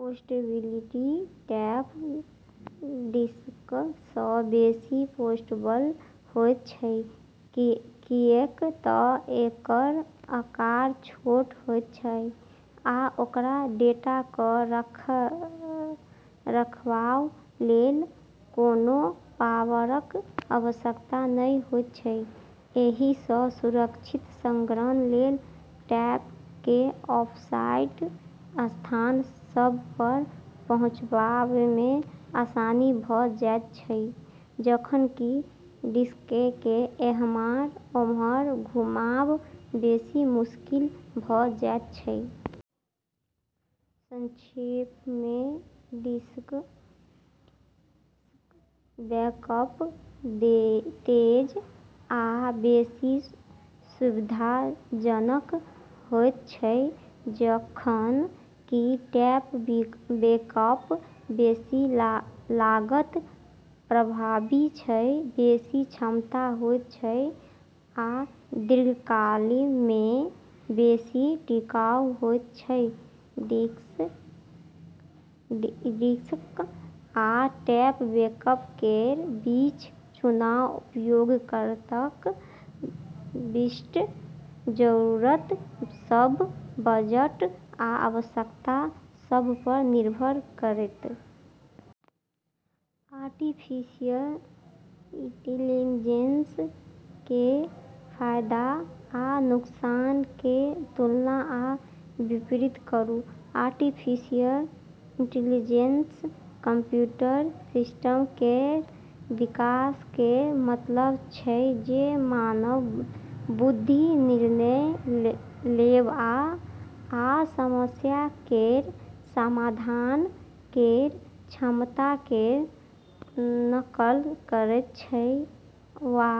Portability: tape disk सँ बेसी portable होइत छै, किऐक तऽ एकर आकार छोट होइत छै आ ओकर डेटाक रखरखाव लेल कोनो पावरक आवश्यकता नहि होइत छै। एहिसँ सुरक्षित संग्रहण लेल टेपकेँ ऑफसाइट स्थान सभपर पहुँचाबैमे आसानी भऽ जाइत छै, जखन कि डिस्ककेँ एम्हर-ओम्हर घुमाबब बेसी मुश्किल भऽ जाइत छै। संक्षेपमे, डिस्क बैकअप तेज आ बेसी सुविधाजनक होइत छै, जखन कि टेप बैकअप बेसी लागत प्रभावी छै, बेसी क्षमता होइत छै आ दीर्घकालमे बेसी टिकाऊ होइत छै। डिस्क आ टेप बैकअप केर बीच चुनाव उपयोगकर्ताक विशिष्ट जरूरत सभ, बजट आ आवश्यकता सभपर निर्भर करतै। आर्टिफिशियल इंटेलिजेंस केर फायदा आ नुकसान केर तुलना आ विपरीत करू। आर्टिफिशियल इंटेलिजेंस कंप्यूटर सिस्टम केर विकास केर मतलब छै जे मानव बुद्धि, निर्णय लेबआ आ समस्या केर समाधान केर क्षमता केर नकल करैत छै वा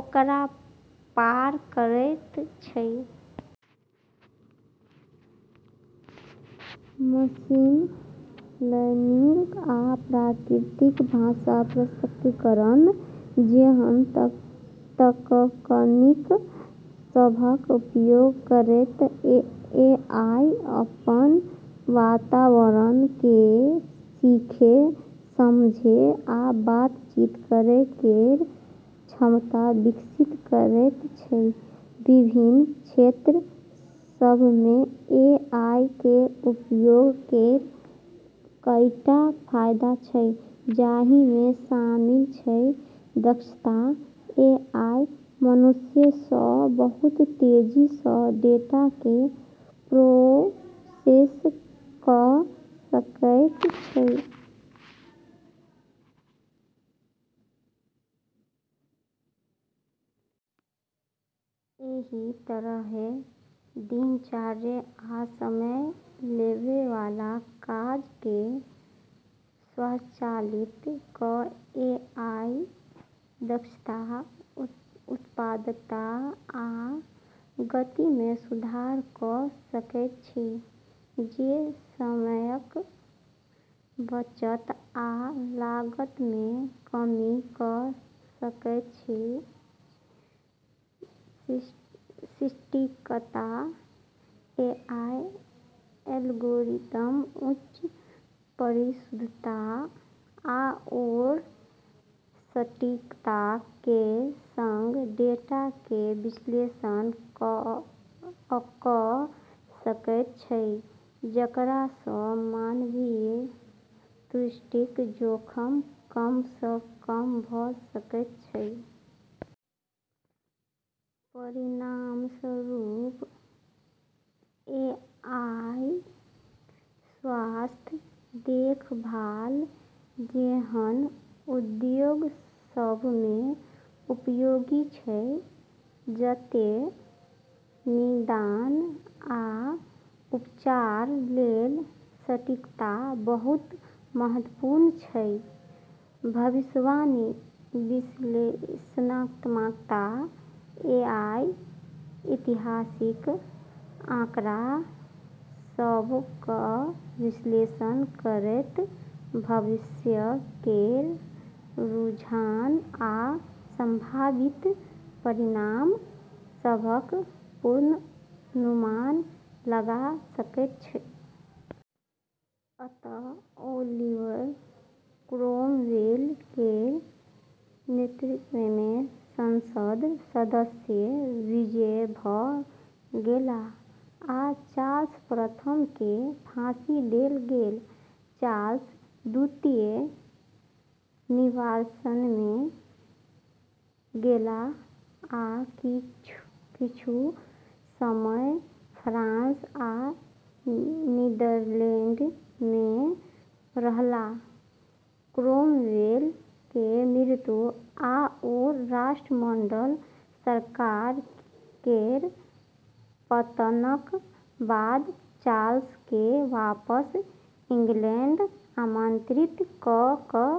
ओकरा पार करैत छै। मशीन लर्निंग आ प्राकृतिक भाषा प्रसंस्करण जेहन तकनीक सभक उपयोग करैत एआई अपन वातावरणकेँ सीखै, समझै आ बातचीत करै केर क्षमता विकसित करैत छै। विभिन्न क्षेत्र सभमे एआई केर उपयोग केर कईटा फायदा छै जाहिमे शामिल छै: दक्षता: एआई मनुष्य सँ बहुत तेजीसँ डेटाकेँ प्रोसेस कऽ सकैत छै। एहि तरहें, दिनचर्या आ समय लेबैवाला काजकेँ स्वचालित कऽ एआई दक्षता, उत्पादकता आ गतिमे सुधार कऽ सकैत छै, जे समयक बचत आ लागतमे कमी कऽ सकैत छै। सटीकता: एआई एल्गोरिदम उच्च परिशुद्धता आओर सटीकता केर संग डेटा केर विश्लेषण कऽ सकैत छै, जेकरासँ मानवीय त्रुटिक जोखिम कमसँ कम भऽ सकैत छै। परिणामस्वरूप, एआई स्वास्थ्य देखभाल जेहन उद्योग सभमे उपयोगी छै, जतए निदान आ उपचार लेल सटीकता बहुत महत्वपूर्ण छै। भविष्यवाणी विश्लेषणात्मकता: एआई ऐतिहासिक आँकड़ा सभक विश्लेषण करैत भविष्य केर रुझान आ संभावित परिणाम सभक पूर्वानुमान लगा सकैत छै। अंततः ओलिवर क्रॉमवेल केर नेतृत्वमे संसद सदस्य विजयी भऽ गेलाह आ चार्ल्स प्रथमकेँ फांसी देल गेल। चार्ल्स द्वितीय निर्वासनमे गेलाह आ किछु समय फ्रांस आ नीदरलैंडमे रहलाह। क्रॉमवेल केर मृत्यु आओर राष्ट्रमंडल सरकार केर पतनक बाद चार्ल्सकेँ वापस इंग्लैंड आमंत्रित कऽ कऽ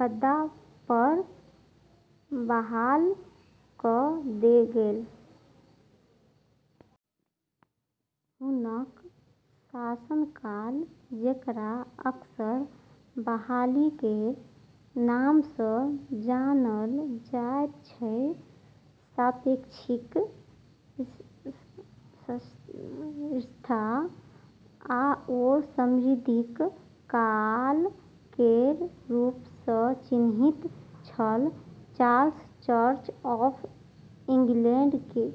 गद्दीपर बहाल कऽ देल गेलै। हुनक शासनकाल, जेकरा अक्सर बहाली केर नामसँ जानल जाइत छै, सापेक्षिक स्थिरता आओर समृद्धिक काल केर रूपमे चिन्हित छल। Charles Church of इंग्लैंडकेँ।